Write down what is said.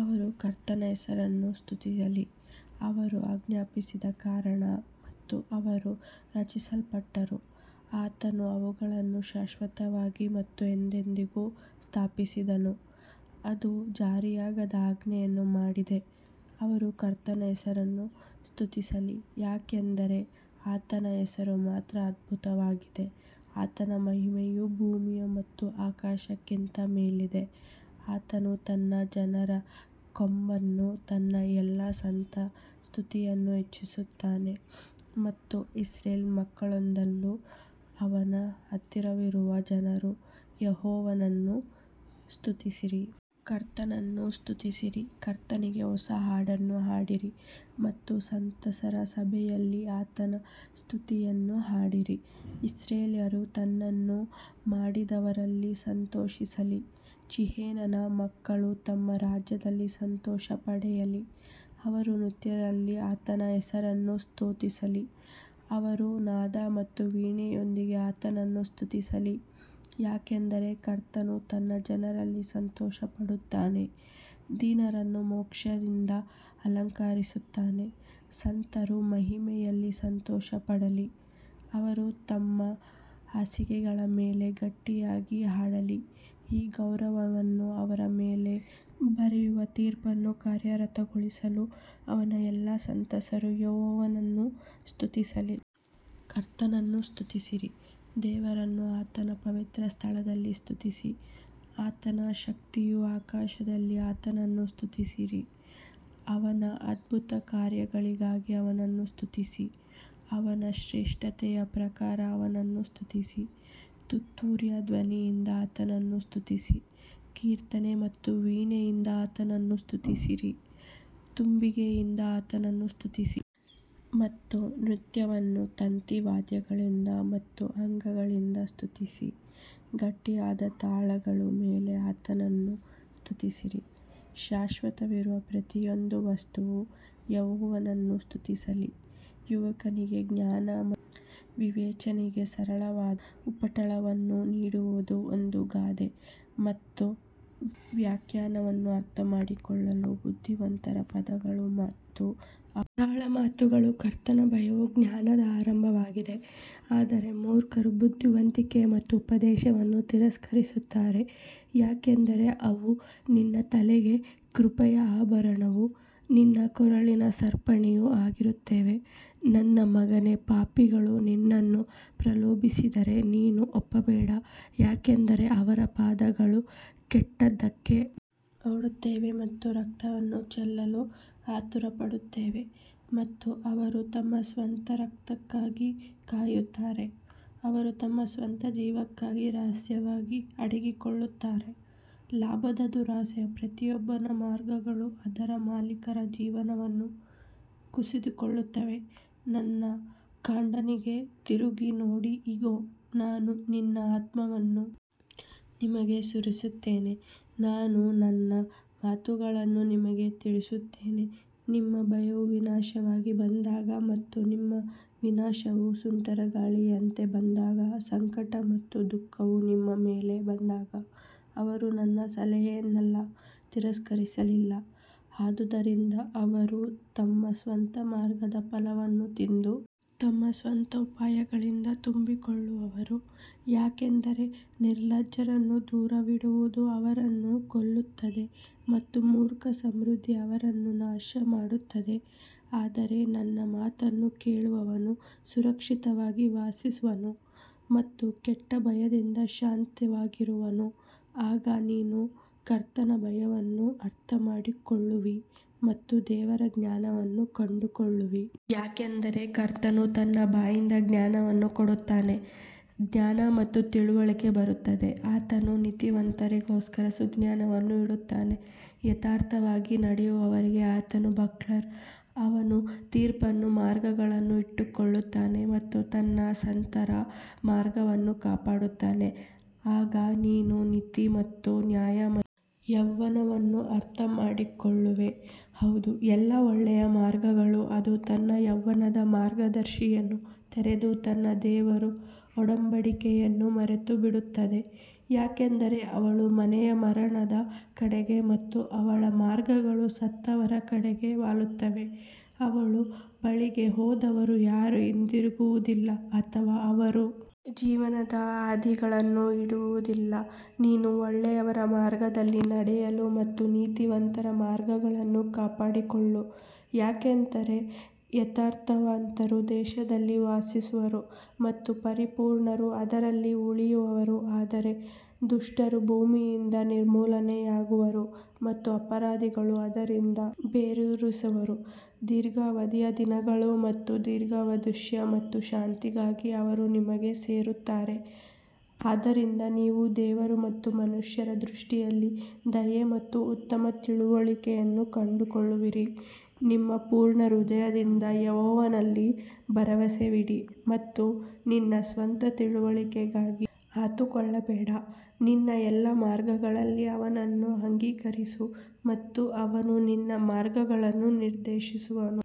ಅವರು ಕರ್ತನ ಹೆಸರನ್ನು ಸ್ತುತಿಸಲಿ, ಅವರು ಆಜ್ಞಾಪಿಸಿದ ಕಾರಣ ಮತ್ತು ಅವರು ರಚಿಸಲ್ಪಟ್ಟರು ಆತನು ಅವುಗಳನ್ನು ಶಾಶ್ವತವಾಗಿ ಮತ್ತು ಎಂದೆಂದಿಗೂ ಸ್ಥಾಪಿಸಿದನು, ಅದು ಜಾರಿಯಾಗದ ಆಜ್ಞೆಯನ್ನು ಮಾಡಿದೆ ಅವರು ಕರ್ತನ ಹೆಸರನ್ನು ಸ್ತುತಿಸಲಿ, ಏಕೆಂದರೆ ಆತನ ಹೆಸರು ಮಾತ್ರ ಅದ್ಭುತವಾಗಿದೆ, ಆತನ ಮಹಿಮೆಯು ಭೂಮಿ ಮತ್ತು ಆಕಾಶಕ್ಕಿಂತ ಮೇಲಿದೆ ಆತನು ತನ್ನ ಜನರ ಕೊಂಬನ್ನು ತನ್ನ ಎಲ್ಲಾ ಸಂತರ ಸ್ತುತಿಯನ್ನು ಹೆಚ್ಚಿಸುತ್ತಾನೆ ಮತ್ತು ಇಸ್ರಾಯೇಲ್ ಮಕ್ಕಳಿಂದಲೂ ಅವನ ಹತ್ತಿರವಿರುವ ಜನರು ಯೆಹೋವನನ್ನು ಸ್ತುತಿಸಿರಿ. ಕರ್ತನನ್ನು ಸ್ತುತಿಸಿರಿ, ಕರ್ತನಿಗೆ ಹೊಸ ಹಾಡನ್ನು ಹಾಡಿರಿ ಮತ್ತು ಸಂತರ ಸಭೆಯಲ್ಲಿ ಆತನ ಸ್ತುತಿಯನ್ನು ಹಾಡಿರಿ ಇಸ್ರಾಯೇಲ್ಯರು ತನ್ನನ್ನು ಮಾಡಿದವರಲ್ಲಿ ಸಂತೋಷಿಸಲಿ, ಚೀಯೋನಿನ ಮಕ್ಕಳು ತಮ್ಮ ರಾಜನಲ್ಲಿ ಸಂತೋಷಪಡಲಿ ಅವರು ನೃತ್ಯದಲ್ಲಿ ಆತನ ಹೆಸರನ್ನು ಸ್ತುತಿಸಲಿ, ಅವರು ನಾದ ಮತ್ತು ವೀಣೆಯೊಂದಿಗೆ ಆತನನ್ನು ಸ್ತುತಿಸಲಿ. ಯಾಕಂದರೆ ಕರ್ತನು ತನ್ನ ಜನರಲ್ಲಿ ಸಂತೋಷಪಡುತ್ತಾನೆ, ದೀನರನ್ನು ಮೋಕ್ಷದಿಂದ ಅಲಂಕರಿಸುತ್ತಾನೆ ಸಂತರು ಮಹಿಮೆಯಲ್ಲಿ ಸಂತೋಷಪಡಲಿ, ಅವರು ತಮ್ಮ ಹಾಸಿಗೆಗಳ ಮೇಲೆ ಗಟ್ಟಿಯಾಗಿ ಹಾಡಲಿ ಈ ಗೌರವವನ್ನು ಅವರ ಮೇಲೆ ಬರೆಯುವ ತೀರ್ಪನ್ನು ಕಾರ್ಯಗತಗೊಳಿಸಲು ಅವನ ಎಲ್ಲಾ ಸಂತರು ಯೆಹೋವನನ್ನು ಸ್ತುತಿಸಲಿ. ಕರ್ತನನ್ನು ಸ್ತುತಿಸಿರಿ ದೇವರನ್ನು ಆತನ ಪವಿತ್ರಸ್ಥಳದಲ್ಲಿ ಸ್ತುತಿಸಿ ಆತನ ಶಕ್ತಿಯ ಆಕಾಶದಲ್ಲಿ ಆತನನ್ನು ಸ್ತುತಿಸಿರಿ ಅವನ ಅದ್ಭುತ ಕಾರ್ಯಗಳಿಗಾಗಿ ಅವನನ್ನು ಸ್ತುತಿಸಿ ಅವನ ಶ್ರೇಷ್ಠತೆಯ ಪ್ರಕಾರ ಅವನನ್ನು ಸ್ತುತಿಸಿ ತುತೂರಿಯ ಧ್ವನಿಯಿಂದ ಆತನನ್ನು ಸ್ತುತಿಸಿ, ಕೀರ್ತನೆ ಮತ್ತು ವೀಣೆಯಿಂದ ಆತನನ್ನು ಸ್ತುತಿಸಿರಿ ತಂಬಿಗೆಯಿಂದ ಆತನನ್ನು ಸ್ತುತಿಸಿ ಮತ್ತು ನೃತ್ಯವನ್ನು ತಂತಿ ವಾದ್ಯಗಳಿಂದ ಮತ್ತು ಅಂಗಗಳಿಂದ ಸ್ತುತಿಸಿ ಗಟ್ಟಿಯಾದ ತಾಳಗಳ ಮೇಲೆ ಆತನನ್ನು ಸ್ತುತಿಸಿರಿ ಶ್ವಾಸವಿರುವ ಪ್ರತಿಯೊಂದು ವಸ್ತುವು ಯೆಹೋವನನ್ನು ಸ್ತುತಿಸಲಿ ಯುವಕನಿಗೆ ಜ್ಞಾನ ಮತ್ತು ವಿವೇಚನೆಗೆ ಸರಳವಾದ ಉಪಟಳವನ್ನು ನೀಡುವುದು ಒಂದು ಗಾದೆ ಮತ್ತು ವ್ಯಾಖ್ಯಾನವನ್ನು ಅರ್ಥಮಾಡಿಕೊಳ್ಳಲು ಬುದ್ಧಿವಂತರ ಪದಗಳು ಮತ್ತು ಅವರ ಕರಾಳ ಮಾತುಗಳು ಕರ್ತನ ಭಯವು ಜ್ಞಾನದ ಆರಂಭವಾಗಿದೆ ಆದರೆ ಮೂರ್ಖರು ಬುದ್ಧಿವಂತಿಕೆ ಮತ್ತು ಉಪದೇಶವನ್ನು ತಿರಸ್ಕರಿಸುತ್ತಾರೆ ಯಾಕಂದರೆ ಅವು ನಿನ್ನ ತಲೆಗೆ ಕೃಪೆಯ ಆಭರಣವೂ ನಿನ್ನ ಕೊರಳಿನ ಸರಪಣಿಯೂ ಆಗಿರುತ್ತವೆ ನನ್ನ ಮಗನೇ, ಪಾಪಿಗಳು ನಿನ್ನನ್ನು ಪ್ರಲೋಭಿಸಿದರೆ ನೀನು ಒಪ್ಪಬೇಡ ಯಾಕಂದರೆ ಅವರ ಪಾದಗಳು ಕೆಟ್ಟದ್ದಕ್ಕೆ ಓಡುತ್ತವೆ ಮತ್ತು ರಕ್ತವನ್ನು ಚೆಲ್ಲಲು ಆತುರಪಡುತ್ತವೆ ಮತ್ತು ಅವರು ತಮ್ಮ ಸ್ವಂತ ರಕ್ತಕ್ಕಾಗಿ ಕಾಯುತ್ತಾರೆ, ಅವರು ತಮ್ಮ ಸ್ವಂತ ಜೀವನಕ್ಕಾಗಿ ರಹಸ್ಯವಾಗಿ ಅಡಗಿಕೊಳ್ಳುತ್ತಾರೆ ಲಾಭದ ದುರಾಸೆಯ ಪ್ರತಿಯೊಬ್ಬನ ಮಾರ್ಗಗಳು ಅದರ ಮಾಲೀಕರ ಜೀವನವನ್ನು ಕಸಿದುಕೊಳ್ಳುತ್ತವೆ ನನ್ನ ಖಂಡನೆಗೆ ತಿರುಗಿ ನೋಡಿ ಇಗೋ ನಾನು ನನ್ನ ಆತ್ಮವನ್ನು ನಿಮಗೆ ಸುರಿಸುತ್ತೇನೆ ನಾನು ನನ್ನ ಮಾತುಗಳನ್ನು ನಿಮಗೆ ತಿಳಿಸುತ್ತೇನೆ ನಿಮ್ಮ ಭಯವು ವಿನಾಶವಾಗಿ ಬಂದಾಗ ಮತ್ತು ನಿಮ್ಮ ವಿನಾಶವು ಸುಂಟರಗಾಳಿಯಂತೆ ಬಂದಾಗ ಸಂಕಟ ಮತ್ತು ದುಃಖವು ನಿಮ್ಮ ಮೇಲೆ ಬಂದಾಗ ಅವರು ನನ್ನ ಸಲಹೆಯನ್ನೆಲ್ಲಾ ತಿರಸ್ಕರಿಸಲಿಲ್ಲ ಆದುದರಿಂದ ಅವರು ತಮ್ಮ ಸ್ವಂತ ಮಾರ್ಗದ ಫಲವನ್ನು ತಿಂದು ತಮ್ಮ ಸ್ವಂತ ಉಪಾಯಗಳಿಂದ ತುಂಬಿಕೊಳ್ಳುವರು ಯಾಕಂದರೆ ನಿರ್ಲಜ್ಜರನ್ನು ದೂರವಿಡುವುದು ಅವರನ್ನು ಕೊಲ್ಲುತ್ತದೆ ಮತ್ತು ಮೂರ್ಖರ ಸಮೃದ್ಧಿ ಅವರನ್ನು ನಾಶಮಾಡುತ್ತದೆ ಆದರೆ ನನ್ನ ಮಾತನ್ನು ಕೇಳುವವನು ಸುರಕ್ಷಿತವಾಗಿ ವಾಸಿಸುವನು ಮತ್ತು ಕೆಟ್ಟ ಭಯದಿಂದ ಶಾಂತವಾಗಿರುವನು ಆಗ ನೀನು ಕರ್ತನ ಭಯವನ್ನು ಅರ್ಥಮಾಡಿಕೊಳ್ಳುವಿ ಮತ್ತು ದೇವರ ಜ್ಞಾನವನ್ನು ಕಂಡುಕೊಳ್ಳುವಿ ಯಾಕಂದರೆ ಕರ್ತನು ತನ್ನ ಬಾಯಿಂದ ಜ್ಞಾನವನ್ನು ಕೊಡುತ್ತಾನೆ, ಜ್ಞಾನ ಮತ್ತು ತಿಳುವಳಿಕೆ ಬರುತ್ತದೆ ಆತನು ನೀತಿವಂತರಿಗೋಸ್ಕರ ಸುಜ್ಞಾನವನ್ನು ಇಡುತ್ತಾನೆ, ಯಥಾರ್ಥವಾಗಿ ನಡೆಯುವವರಿಗೆ ಆತನು ಬಕ್ಲರ್ ಅವನು ತೀರ್ಪಿನ ಮಾರ್ಗಗಳನ್ನು ಇಟ್ಟುಕೊಳ್ಳುತ್ತಾನೆ ಮತ್ತು ತನ್ನ ಸಂತರ ಮಾರ್ಗವನ್ನು ಕಾಪಾಡುತ್ತಾನೆ ಆಗ ನೀನು ನೀತಿ ಮತ್ತು ನ್ಯಾಯ ಮತ್ತು ನ್ಯಾಯವನ್ನು ಅರ್ಥಮಾಡಿಕೊಳ್ಳುವೆ, ಹೌದು ಎಲ್ಲಾ ಒಳ್ಳೆಯ ಮಾರ್ಗಗಳು ಅದು ತನ್ನ ಯೌವನದ ಮಾರ್ಗದರ್ಶಿಯನ್ನು ತೊರೆದು ತನ್ನ ದೇವರ ಒಡಂಬಡಿಕೆಯನ್ನು ಮರೆತುಬಿಡುತ್ತದೆ ಯಾಕಂದರೆ ಅವಳ ಮನೆಯು ಮರಣದ ಕಡೆಗೆ ಮತ್ತು ಅವಳ ಮಾರ್ಗಗಳು ಸತ್ತವರ ಕಡೆಗೆ ವಾಲುತ್ತವೆ ಅವಳ ಬಳಿಗೆ ಹೋದವರು ಯಾರೂ ಹಿಂತಿರುಗುವುದಿಲ್ಲ ಅಥವಾ ಅವರು ಜೀವನದ ಹಾದಿಗಳನ್ನು ಹಿಡಿಯುವುದಿಲ್ಲ ನೀನು ಒಳ್ಳೆಯವರ ಮಾರ್ಗದಲ್ಲಿ ನಡೆಯಲು ಮತ್ತು ನೀತಿವಂತರ ಮಾರ್ಗಗಳನ್ನು ಕಾಪಾಡಿಕೊಳ್ಳಲು ಯಾಕಂದರೆ ಯಥಾರ್ಥವಂತರು ದೇಶದಲ್ಲಿ ವಾಸಿಸುವರು ಮತ್ತು ಪರಿಪೂರ್ಣರು ಅದರಲ್ಲಿ ಉಳಿಯುವರು ಆದರೆ ದುಷ್ಟರು ಭೂಮಿಯಿಂದ ನಿರ್ಮೂಲನೆಯಾಗುವರು ಮತ್ತು ಅಪರಾಧಿಗಳು ಅದರಿಂದ ಬೇರೂರಿಸುವರು ದೀರ್ಘಾವಧಿಯ ದಿನಗಳು ಮತ್ತು ದೀರ್ಘಾಯುಷ್ಯ ಮತ್ತು ಶಾಂತಿಗಾಗಿ ಅವರು ನಿಮಗೆ ಸೇರಿಸುತ್ತಾರೆ ಆದ್ದರಿಂದ ನೀವು ದೇವರ ಮತ್ತು ಮನುಷ್ಯರ ದೃಷ್ಟಿಯಲ್ಲಿ ದಯೆ ಮತ್ತು ಉತ್ತಮ ತಿಳುವಳಿಕೆಯನ್ನು ಕಂಡುಕೊಳ್ಳುವಿರಿ ನಿನ್ನ ಪೂರ್ಣ ಹೃದಯದಿಂದ ಯೆಹೋವನಲ್ಲಿ ಭರವಸವಿಡು ಮತ್ತು ನಿನ್ನ ಸ್ವಂತ ತಿಳುವಳಿಕೆಗೆ ಆತುಕೊಳ್ಳಬೇಡ ನಿನ್ನ ಎಲ್ಲಾ ಮಾರ್ಗಗಳಲ್ಲಿ ಅವನನ್ನು ಅಂಗೀಕರಿಸು ಮತ್ತು ಅವನು ನಿನ್ನ ಮಾರ್ಗಗಳನ್ನು ನಿರ್ದೇಶಿಸುವನು.